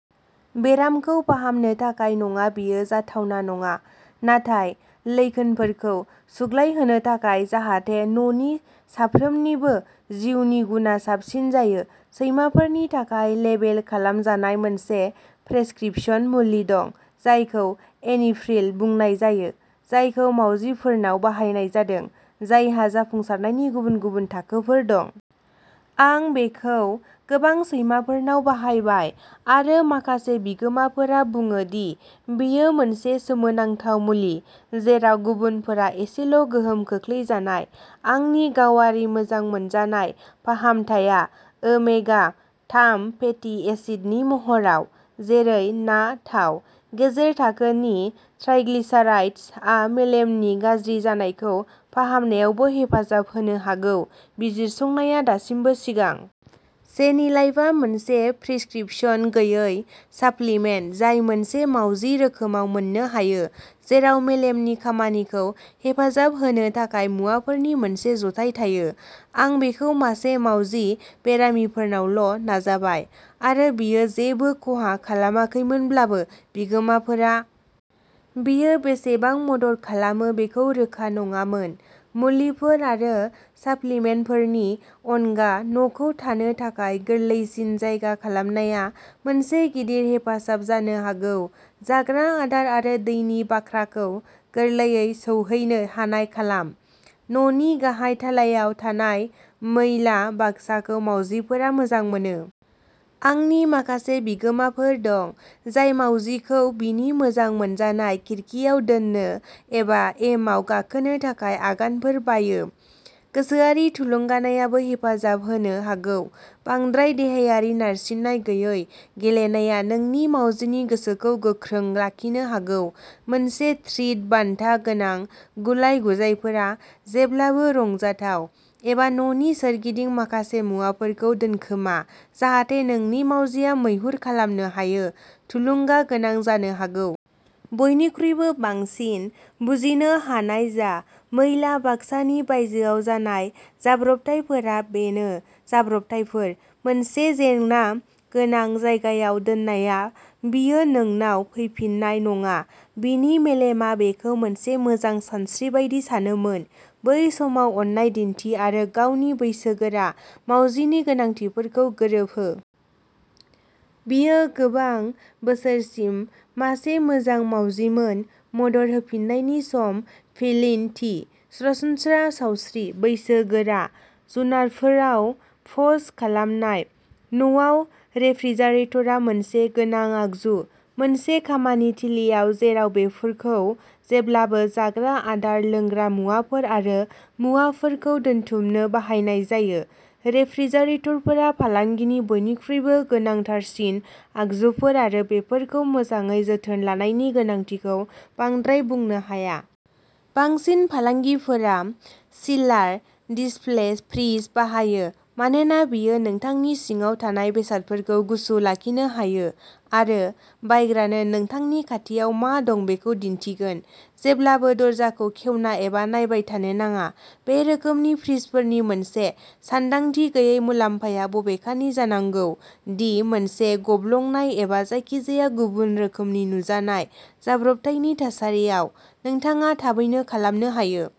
बेरामखौ फाहामनो थाखाय नङा बेयो जाथावना नङा नाथाय लैखोनफोरखौ सुग्लायहोनो थाखाय जाहाथे न'नि साफ्रोमनिबो जिउनि गुनआ साबसिन जायो। सैमाफोरनि थाखाय लेबेल खालामजानाय मोनसे प्रेसक्रिप्शन मुलि दं, जायखौ एनिप्रिल बुंनाय जायो, जायखौ मावजिफोरनाव बाहायनाय जादों, जायहा जाफुंसारनायनि गुबुन गुबुन थाखोफोर दं। आं बेखौ गोबां सैमाफोरनाव बाहायबाय, आरो माखासे बिगोमाफोरा बुङो दि बेयो मोनसे सोमोनांथाव मुलि, जेराव गुबुनफोरा एसेल' गोहोम खोख्लैजानाय। आंनि गावारि मोजां मोनजानाय फाहामथाया ओमेगा थाम फेटि एसिडनि महराव, जेरै ना थाव। गेजेर थाखोनि ट्राइग्लिसाराइड्स आ मेलेमनि गाज्रि जानायखौ फाहामनायावबो हेफाजाब होनो हागौ बिजिरसंनाया दासिमबो सिगां। सेनिलाइफआ मोनसे प्रिस्क्रिप्शन गैयै साप्लिमेन्ट जाय मोनसे मावजि रोखोमाव मोननो हायो जेराव मेलेमनि खामानिखौ हेफाजाब होनो थाखाय मुवाफोरनि मोनसे जथाय थायो। आं बेखौ मासे मावजि बेरामिफोरावल' नाजाबाय, आरो बेयो जेबो खहा खालामाखैमोनब्लाबो, बिगोमाफोरा। बेयो बेसेबां मदद खालामो बेखौ रोखा नङामोन। मुलिफोर आरो साप्लिमेन्टफोरनि अनगा, न'खौ थानो थाखाय गोरलैसिन जायगा खालामनाया मोनसे गिदिर हेफाजाब जानो हागौ जाग्रा आदार आरो दैनि बाख्राखौ गोरलैयै सौहैनो हानाय खालाम। न'नि गाहाय थालायाव थानाय मैला बाक्साखौ मावजिफोरा मोजां मोनो। आंनि माखासे बिगोमाफोर दं, जाय मावजिखौ बिनि मोजां मोनजानाय खिरखिआव दोननो एबा एमाव गाखोनो थाखाय आगानफोर बायो गोसोआरि थुलुंगानायाबो हेफाजाब होनो हागौ बांद्राय देहायारि नारसिननाय गैयै गेलेनाया नोंनि मावजिनि गोसोखौ गोख्रों लाखिनो हागौ मोनसे ट्रिट बान्था गोनां गुलाय-गुजायफोरा जेब्लाबो रंजाथाव, एबा न'नि सोरगिदिं माखासे मुवाफोरखौ दोनखोमा, जाहाथे नोंनि मावजिआ मैहुर खालामनो हायो, थुलुंगा गोनां जानो हागौ। बयनिख्रुइबो बांसिन, बुजिनो हानाय जा। मैला बाक्सानि बायजोआव जानाय जाब्रबथायफोरा बेनो जाब्रबथायफोर। मोनसे जेंना गोनां जायगायाव दोननाया बियो नोंनाव फैफिन्नाय नङा बिनि मेलेमआ बेखौ मोनसे मोजां सानस्रि बायदि सानोमोन। बै समाव अननाय दिन्थि, आरो गावनि बैसोगोरा मावजिनि गोनांथिफोरखौ गोरोबहो। बियो गोबां बोसोरसिम मासे मोजां मावजिमोन मदद होफिन्नायनि सम फेलिइन थि, सरासनस्रा सावस्रि, बैसोगोरा जुनारफोराव पस्ट खालामनाय। न'आव, रेफ्रिजारेटरआ मोनसे गोनां आगजु। मोनसे खामानि थिलिआव जेराव बेफोरखौ जेब्लाबो जाग्रा आदार, लोंग्रा मुवाफोर आरो मुवाफोरखौ दोनथुमनो बाहायनाय जायो, रेफ्रिजारेटरफोरा फालांगिनि बयनिख्रुइबो गोनांथारसिन आगजुफोर आरो बेफोरखौ मोजाङै जोथोन लानायनि गोनांथिखौ बांद्राय बुंनो हाया। बांसिन फालांगिफोरा चिलार डिस्प्ले फ्रिज बाहायो मानोना बेयो नोंथांनि सिङाव थानाय बेसादफोरखौ गुसु लाखिनो हायो आरो बायग्रानो नोंथांनि खाथियाव मा दं बेखौ दिन्थिगोन, जेब्लाबो दरजाखौ खेवना एबा नायबाय थानो नाङा। बे रोखोमनि फ्रिजफोरनि मोनसे सानदांथि गैयै मुलाम्फाया बबेखानि जानांगौ दि मोनसे गब्लंनाय एबा जायखिजाया गुबुन रोखोमनि नुजानाय जाब्रबथायनि थासारियाव, नोंथाङा थाबैनो खालामनो हायो।